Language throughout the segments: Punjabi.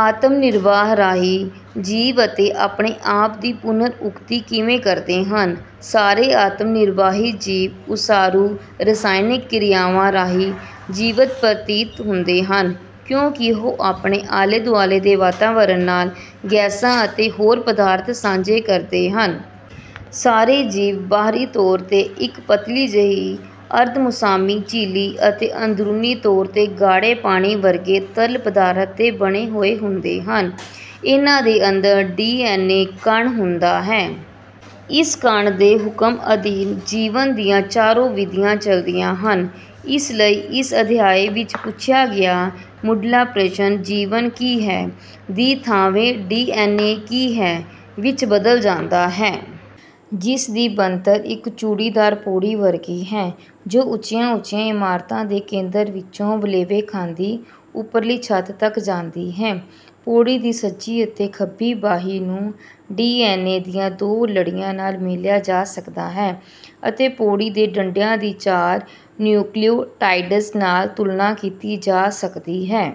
ਆਤਮ ਨਿਰਬਾਹ ਰਾਹੀਂ ਜੀਵ ਅਤੇ ਆਪਣੇ ਆਪ ਦੀ ਪੁਨਰ-ਉਕਤੀ ਕਿਵੇਂ ਕਰਦੇ ਹਨ? ਸਾਰੇ ਆਤਮ ਨਿਰਬਾਹੀ ਜੀਵ ਉਸਾਰੂ ਰਸਾਇਣਕ ਕਿਰਿਆਵਾਂ ਰਾਹੀਂ ਜੀਵਤ ਪ੍ਰਤੀਤ ਹੁੰਦੇ ਹਨ ਕਿਉਂਕਿ ਉਹ ਆਪਣੇ ਆਲੇ-ਦੁਆਲੇ ਦੇ ਵਾਤਾਵਰਣ ਨਾਲ ਗੈਸਾਂ ਅਤੇ ਹੋਰ ਪਦਾਰਥ ਸਾਂਝੇ ਕਰਦੇ ਹਨ। ਸਾਰੇ ਜੀਵ ਬਾਹਰੀ ਤੌਰ 'ਤੇ ਇੱਕ ਪਤਲੀ ਜਿਹੀ ਅਰਧਮੁਸਾਮੀ ਝਿੱਲੀ ਅਤੇ ਅੰਦਰੂਨੀ ਤੌਰ 'ਤੇ ਗਾੜ੍ਹੇ ਪਾਣੀ ਵਰਗੇ ਤਰਲ ਪਦਾਰਥ ਦੇ ਬਣੇ ਹੋਏ ਹੁੰਦੇ ਹਨ। ਇਹਨਾਂ ਦੇ ਅੰਦਰ ਡੀ. ਐੱਨ. ਏ ਕਣ ਹੁੰਦਾ ਹੈ। ਇਸ ਕਣ ਦੇ ਹੁਕਮ ਅਧੀਨ ਜੀਵਨ ਦੀਆਂ ਚਾਰੋਂ ਵਿਧੀਆਂ ਚੱਲਦੀਆਂ ਹਨ। ਇਸ ਲਈ ਇਸ ਅਧਿਆਇ ਵਿੱਚ ਪੁੱਛਿਆ ਗਿਆ ਮੁੱਢਲਾ ਪ੍ਰਸ਼ਨ, 'ਜੀਵਨ ਕੀ ਹੈ? ਦੀ ਥਾਵੇਂ ਡੀ. ਐੱਨ. ਏ ਕੀ ਹੈ? ' ਵਿੱਚ ਬਦਲ ਜਾਂਦਾ ਹੈ। ਜਿਸ ਦੀ ਬਣਤਰ ਇੱਕ ਚੂੜੀਦਾਰ ਪੌੜੀ ਵਰਗੀ ਹੈ ਜੋ ਉੱਚੀਆਂ-ਉੱਚੀਆਂ ਇਮਾਰਤਾਂ ਦੇ ਕੇਂਦਰ ਵਿੱਚੋਂ ਵਲੇਵੇਂ ਖਾਂਦੀ ਉੱਪਰਲੀ ਛੱਤ ਤੱਕ ਜਾਂਦੀ ਹੈ। ਪੌੜੀ ਦੀ ਸੱਜੀ ਅਤੇ ਖੱਬੀ ਬਾਹੀ ਨੂੰ ਡੀ. ਐੱਨ. ਏ ਦੀਆਂ ਦੋ ਲੜੀਆਂ ਨਾਲ ਮੇਲਿਆ ਜਾ ਸਕਦਾ ਹੈ ਅਤੇ ਪੌੜੀ ਦੇ ਡੰਡਿਆਂ ਦੀ ਚਾਰ ਨਿਯੂਕਲਿਉਟਾਈਡਜ਼ ਨਾਲ ਤੁਲਨਾ ਕੀਤੀ ਜਾ ਸਕਦੀ ਹੈ।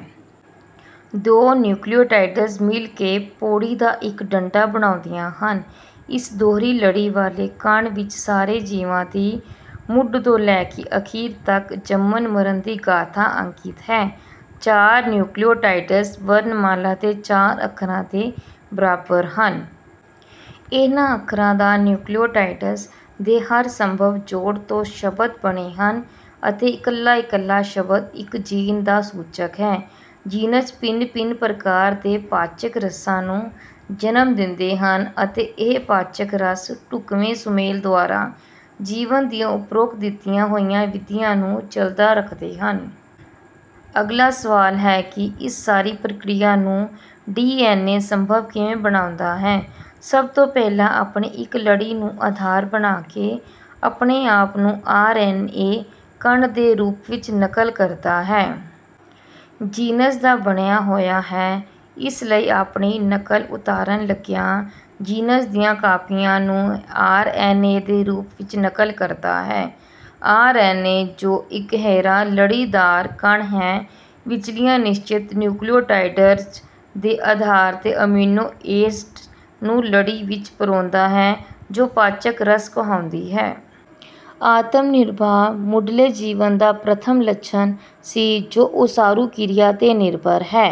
ਦੋ ਨਿਯੂਕਲਿਉਟਾਈਡਜ਼ ਮਿਲ ਕੇ ਪੌੜੀ ਦਾ ਇੱਕ ਡੰਡਾ ਬਣਾਉਂਦੀਆਂ ਹਨ। ਇਸ ਦੋਹਰੀ ਲੜੀ ਵਾਲੇ ਕਣ ਵਿੱਚ ਸਾਰੇ ਜੀਵਾਂ ਦੀ, ਮੁੱਢ ਤੋਂ ਲੈ ਕੇ ਅਖੀਰ ਤੱਕ ਜੰਮਣਮਰਨ ਦੀ ਗਾਥਾ ਅੰਕਿਤ ਹੈ। ਚਾਰ ਨਿਯੂਕਲਿਉਟਾਈਡਜ਼ ਵਰਣਮਾਲਾ ਦੇ ਚਾਰ ਅੱਖਰਾਂ ਦੇ ਬਰਾਬਰ ਹਨ। ਇਹਨਾਂ ਅੱਖਰਾਂ ਜਾਂ ਨਿਯੂਕਲਿਉਟਾਈਡਜ਼ ਦੇ ਹਰ ਸੰਭਵ ਜੋੜ ਤੋਂ ਸ਼ਬਦ ਬਣੇ ਹਨ ਅਤੇ ਇਕੱਲਾ-ਇਕੱਲਾ ਸ਼ਬਦ ਇੱਕ ਜੀਨ ਦਾ ਸੂਚਕ ਹੈ। ਜੀਨਜ਼ ਭਿੰਨ-ਭਿੰਨ ਪ੍ਰਕਾਰ ਦੇ ਪਾਚਕ ਰਸਾਂ ਨੂੰ ਜਨਮ ਦਿੰਦੇ ਹਨ ਅਤੇ ਇਹ ਪਾਚਕ ਰਸ ਢੁੱਕਵੇਂ ਸੁਮੇਲ ਦੁਆਰਾ ਜੀਵਨ ਦੀਆਂ ਉਪਰੋਕਤ ਦਿੱਤੀਆਂ ਹੋਈਆਂ ਵਿਧੀਆਂ ਨੂੰ ਚੱਲਦਾ ਰੱਖਦੇ ਹਨ। ਅਗਲਾ ਸਵਾਲ ਹੈ ਕਿ ਇਸ ਸਾਰੀ ਪ੍ਰਕਿਰਿਆ ਨੂੰ ਡੀ. ਐੱਨ. ਏ ਸੰਭਵ ਕਿਵੇ ਬਣਾਉਂਦਾ ਹੈ? ਸਭ ਤੋਂ ਪਹਿਲਾਂ ਆਪਣੀ ਇੱਕ ਲੜੀ ਨੂੰ ਆਧਾਰ ਬਣਾ ਕੇ ਆਪਣੇ ਆਪ ਨੂੰ ਆਰ. ਐੱਨ. ਏ ਕਣ ਦੇ ਰੂਪ ਵਿੱਚ ਨਕਲ ਕਰਦਾ ਹੈ। ਜੀਨਜ਼ ਦਾ ਬਣਿਆ ਹੋਇਆ ਹੈ ਇਸ ਲਈ ਆਪਣੀ ਨਕਲ ਉਤਾਰਨ ਲੱਗਿਆਂ ਜੀਨਜ਼ ਦੀਆਂ ਕਾਪੀਆਂ ਨੂੰ ਆਰ. ਐੱਨ. ਏ ਦੇ ਰੂਪ ਵਿੱਚ ਨਕਲ ਕਰਦਾ ਹੈ। ਆਰ. ਐੱਨ. ਏ., ਜੋ ਇਕਹਿਰਾ ਲੜੀਦਾਰ ਕਣ ਹੈ, ਵਿਚਲੀਆਂ ਨਿਸ਼ਚਿਤ ਨਿਯੂਕਲਿਉਟਾਈਡਰਜ਼ ਦੇ ਆਧਾਰ 'ਤੇ ਅਮੀਨੋ ਏਸਡਜ਼ ਨੂੰ ਲੜੀ ਵਿੱਚ ਪਰੋਂਦਾ ਹੈ ਜੋ ਪਾਚਕ-ਰਸ ਕਹਾਉਂਦੀ ਹੈ। ਆਤਮ ਨਿਰਬਾਹ ਮੁੱਢਲੇ ਜੀਵਨ ਦਾ ਪ੍ਰਥਮ ਲੱਛਣ ਸੀ ਜੋ ਉਸਾਰੂ ਕਿਰਿਆ 'ਤੇ ਨਿਰਭਰ ਹੈ।